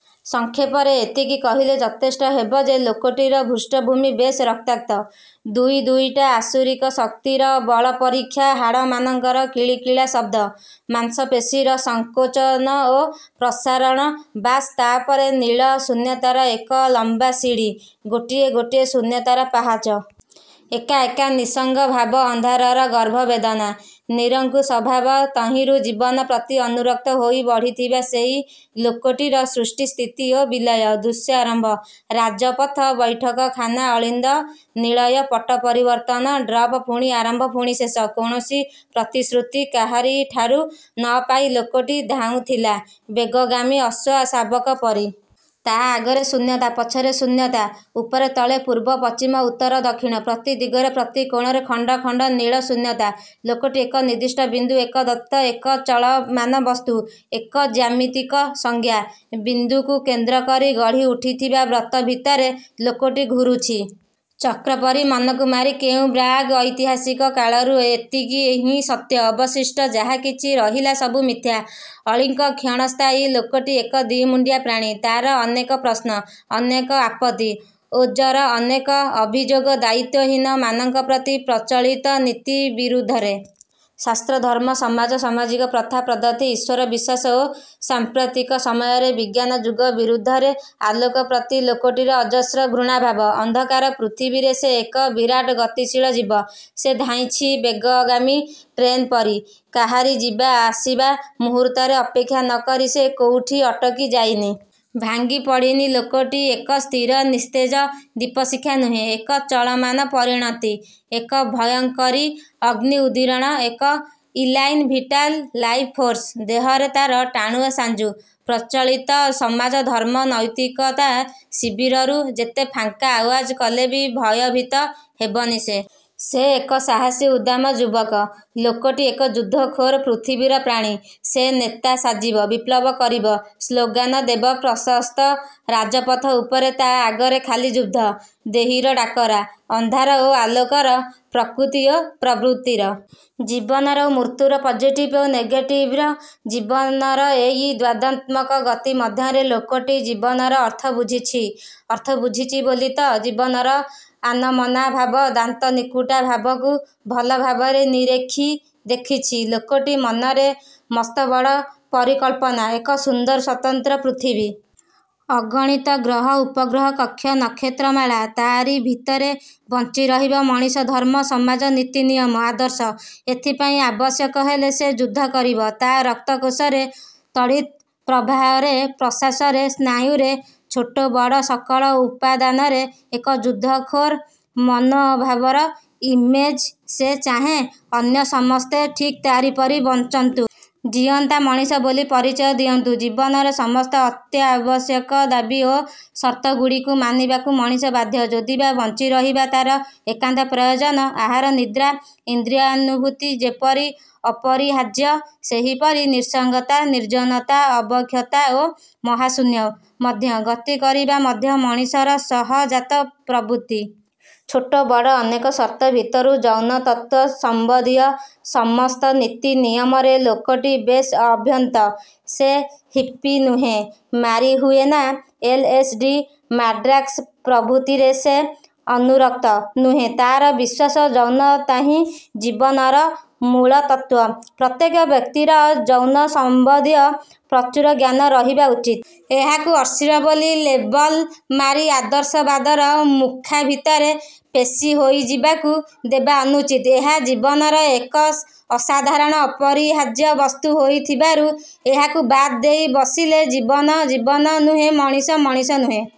ସଂକ୍ଷେପରେ ଏତିକି କହିଲେ ଯଥେଷ୍ଟ ହେବ ଯେ, ଲୋକଟିର ପୃଷ୍ଠଭୂମି ବେଶ୍ ରକ୍ତାକ୍ତ-। ଦୁଇ ଦୁଇଟା ଆସୁରିକ ଶକ୍ତିର ବଳ ପରୀକ୍ଷା। ହାଡ଼ମାନଙ୍କର କିଳିକିଳା ଶବ୍ଦ। ମାଂସପେଶୀର ସଂକୋଚନ ଓ ପ୍ରସାରଣ। ବାସ୍, ତା'ପରେ ନୀଳ ଶୂନ୍ୟତାର ଏକ ଲମ୍ବା ସିଡ଼ି। ଗୋଟି ଗୋଟି ଶୂନ୍ୟତାର ପାହାଚ। ଏକା ଏକା ନିଃସଙ୍ଗଭାବ। ଅନ୍ଧାରର ଗର୍ଭବେଦନା। ନିରଙ୍କୁଶଭାବ-। ତହିଁରୁ ଜୀବନ ପ୍ରତି ଅନୁରକ୍ତ ହୋଇ ବଢ଼ିଥିବା ସେଇ ଲୋକଟିର ସୃଷ୍ଟି, ସ୍ଥିତି ଓ ବିଲୟ-। ଦୃଶ୍ୟାରମ୍ଭ। ରାଜପଥ। ବୈଠକଖାନା। ଅଳିନ୍ଦ, ନିଳୟ, ପଟ୍ଟପରିବର୍ତ୍ତନ। ଡ୍ରପ ପୁଣି ଆରମ୍ଭ ପୁଣି ଶେଷ। କୌଣସି ପ୍ରତିଶ୍ରୁତି କାହାରିଠାରୁ ନପାଇବି ଲୋକଟି ଧାଉଁଥିଲା ବେଗଗାମୀ ଅଶ୍ୱ ଶାବକ ପରି। ତା' ଆଗରେ ଶୂନ୍ୟତା। ପଛରେ ଶୂନ୍ୟତା। ଉପରେ, ତଳେ, ପୂର୍ବ, ପଶ୍ଚିମ, ଉତ୍ତର, ଦକ୍ଷିଣ ପ୍ରତି ଦିଗରେ, ପ୍ରତି କୋଣରେ ଖଣ୍ଡ ଖଣ୍ଡ ନୀଳ ଶୂନ୍ୟତା। ଲୋକଟି ଏକ ନିର୍ଦ୍ଦିଷ୍ଟ ବିନ୍ଦୁ, ଏକ ଦତ୍ତ! ଏକ ଚଳମାନ ବସ୍ତୁ। ଏକ ଜ୍ୟାମିତିକ ସଂଜ୍ଞା। ବିନ୍ଦୁକୁ କେନ୍ଦ୍ରକରି ଗଢ଼ି ଉଠିଥିବା ବ୍ରତ ଭିତରେ ଲୋକଟି ଘୂରୁଛି। ଚକ୍ରପରି ମନକୁ ମାରି କେଉଁ ପ୍ରାଗ୍-ଐତିହାସିକ କାଳରୁ! ଏତିକି ହିଁ ସତ୍ୟ। ଅବଶିଷ୍ଟ ଯାହା କିଛି ରହିଲା ସବୁ ମିଥ୍ୟା। ଅଳୀକ କ୍ଷଣସ୍ଥାୟୀ। ଲୋକଟି ଏକ ଦିମୁଣ୍ଡିଆ ପ୍ରାଣୀ। ତା'ର ଅନେକ ପ୍ରଶ୍ନ। ଅନେକ ଆପତ୍ତି ଓଜର। ଅନେକ ଅଭିଯୋଗ ଦାୟିତ୍ୱହୀନ ମାନଙ୍କ ପ୍ରତି। ପ୍ରଚଳିତ ନୀତି ବିରୁଦ୍ଧରେ। ଶାସ୍ତ୍ର, ଧର୍ମ, ସମାଜ, ସାମାଜିକ ପ୍ରଥା ପଦ୍ଧତି, ଈଶ୍ୱର ବିଶ୍ୱାସ ଓ ସାଂପ୍ରତିକ ସମୟର ବିଜ୍ଞାନ ଯୁଗ ବିରୁଦ୍ଧରେ। ଆଲୋକପ୍ରତି ଲୋକଟିର ଅଜସ୍ର ଘୃଣାଭାବ। ଅନ୍ଧକାର ପୃଥିବୀରେ ସେ ଏକ ବିରାଟ ଗତିଶୀଳ ଜୀବ। ସେ ଧାଉଁଛି ବେଗଗାମୀ ଟ୍ରେନପରି। କାହାରି ଯିବା ଆସିବା ମୁହୂର୍ତ୍ତରେ ଅପେକ୍ଷା ନକରି ସେ କୋଉଠି ଅଟକି ଯାଇନି। ଭାଙ୍ଗିପଡ଼ିନି। ଲୋକଟି ଏକ ସ୍ଥିର, ନିସ୍ତେଜ, ଦୀପଶିଖା ନୁହେଁ। ଏକ ଚଳମାନ ପରିଣତି। ଏକ ଭୟଙ୍କରୀ ଅଗ୍ନି ଉଦ୍ଗିରଣ। ଏକ ଇଲାନ୍ ଭିଟାଲ୍। Life force. ଦେହରେ ତା'ର ଟାଣୁଆ ସାଞ୍ଜୁ। ପ୍ରଚଳିତ ସମାଜର ଧର୍ମ, ନୈତିକତା ଶିବିରରୁ ଯେତେ ଫାଙ୍କା ଆଓ୍ୱାଜ କଲେବି ଭୟଭୀତ ହେବନି ସେ। ସେ ଏକ ସାହସୀ ଉଦ୍ଦାମ ଯୁବକ।। ଲୋକଟି ଏକ ଯୁଦ୍ଧ ଖୋର ପୃଥିବୀର ପ୍ରାଣୀ। ସେ ନେତା ସାଜିବ। ବିପ୍ଳବ କରିବ। ସ୍ଳୋଗାନ ଦେବ ପ୍ରସସ୍ଥ ରାଜପଥ ଉପରେ। ତା' ଆଗରେ ଖାଲି ଯୁଦ୍ଧଂ ଦେହୀର ଡାକରା। ଅନ୍ଧାର ଓ ଆଲୋକର। ପ୍ରକୃତି ଓ ପ୍ରବୃତ୍ତିର! ଜୀବନ ଓ ମୃତ୍ୟୁର। ପଜିଟିଭ୍ ଓ ନେଗେଟିଭ୍ର। ଜୀବନର ଏଇ ଦ୍ୱନ୍ଦାତ୍ମକ ଗତିମଧ୍ୟରେ ଲୋକଟି ଜୀବନର ଅର୍ଥ ବୁଝିଛି। ଅର୍ଥ ବୁଝିଛି ବୋଲିତ ଜୀବନର ଆନମନା ଭାବ, ଦାନ୍ତନିକୁଟା ଭାବକୁ ଭଲଭାବରେ ନିରେଖି ଦେଖୁଛି। ଲୋକଟି ମନରେ ମସ୍ତବଡ଼ ପରିକଳ୍ପନା। ଏକ ସୁନ୍ଦର ସ୍ୱତନ୍ତ୍ର ପୃଥିବୀ। ଅଗଣିତ ଗ୍ରହ, ଉପଗ୍ରହ, କକ୍ଷ, ନକ୍ଷତ୍ରମାଳା। ତା'ରି ଭିତରେ ବଞ୍ଚିରହିବ ମଣିଷର ଧର୍ମ, ସମାଜ, ନୀତିନିୟମ, ଆଦର୍ଶ। ଏଥିପାଇଁ ଆବଶ୍ୟକ ହେଲେ ସେ ଯୁଦ୍ଧକରିବ। ତା' ରକ୍ତକୋଷରେ। ତଡ଼ିତ୍ ପ୍ରବାହରେ, ପ୍ରଶ୍ୱାସରେ, ସ୍ନାୟୁରେ, ଛୋଟବଡ଼ ସକଳ ଉପାଦାନରେ ଏକ ଯୁଦ୍ଧଖୋର ମନୋଭାବର ଇମେଜ୍। ସେ ଚାହେଁ ଅନ୍ୟସମସ୍ତେ ଠିକ୍ ତା'ରି ପରି ବଞ୍ଚନ୍ତୁ। ଜିଅନ୍ତା ମଣିଷ ବୋଲି ପରିଚୟ ଦିଅନ୍ତୁ। ଜୀବନର ସମସ୍ତ ଅତ୍ୟାବଶ୍ୟକ ଦାବି ଓ ସର୍ତ୍ତଗୁଡ଼ିକୁ ମାନିନେବାକୁ ମଣିଷ ବାଧ୍ୟ। ଯଦିବା ବଞ୍ଚିରହିବା ତା'ର ଏକାନ୍ତ ପ୍ରୟୋଜନ। ଆହାର, ନିଦ୍ରା, ଇନ୍ଦ୍ରିୟାନୁଭୂତି ଯେପରି ଅପରିହାର୍ଯ୍ୟ ସେହିପରି ନିଃସଙ୍ଗତା ନିର୍ଜନତା, ଅବକ୍ଷୟତା ଓ ମହାଶୂନ୍ୟ ମଧ୍ୟ ଗତିକରିବା ମଧ୍ୟ ମଣିଷର ସହଜାତ ପ୍ରବୃତ୍ତି। ଛୋଟ ବଡ଼ ଅନେକ ସର୍ତ୍ତ ଭିତରୁ ଯୌନତତ୍ତ୍ୱ ସମ୍ବନ୍ଧୀୟ ସମସ୍ତ ନୀତି ନିୟମରେ ଲୋକଟି ବେଶ୍ ଅଭ୍ୟସ୍ତ। ସେ ହିପ୍ପି ନୁହେଁ। Marijuana, L. S. D. Mandrax ପ୍ରଭୃତିରେ ସେ ଅନୁରକ୍ତ ନୁହେଁ। ତା'ର ବିଶ୍ୱାସ ଯୌନତାହିଁ ଜୀବନର ମୂଳତତ୍ତ୍ୱ। ପ୍ରତ୍ୟେକ ବ୍ୟକ୍ତିର ଯୌନ ସମ୍ବନ୍ଧୀୟ ପ୍ରଚୁର ଜ୍ଞାନ ରହିବା ଉଚିତ। ଏହାକୁ ଅଶ୍ଳୀଳ ବୋଲି ଲେବଲ୍ ମାରି ଆଦର୍ଶବାଦର ମୁଖାଭିତରେ ପେଶୀ ହୋଇଯିବାକୁ ଦେବା ଅନୁଚିତ। ଏହା ଜୀବନର ଏକ ଅସାଧାରଣ ଅପରିହାର୍ଯ୍ୟ ବସ୍ତୁ ହୋଇଥିବାରୁ ଏହାକୁ ବାଦ୍ ଦେଇ ବସିଲେ ଜୀବନ, ଜୀବନ ନୁହେଁ। ମଣିଷ, ମଣିଷ ନୁହେଁ।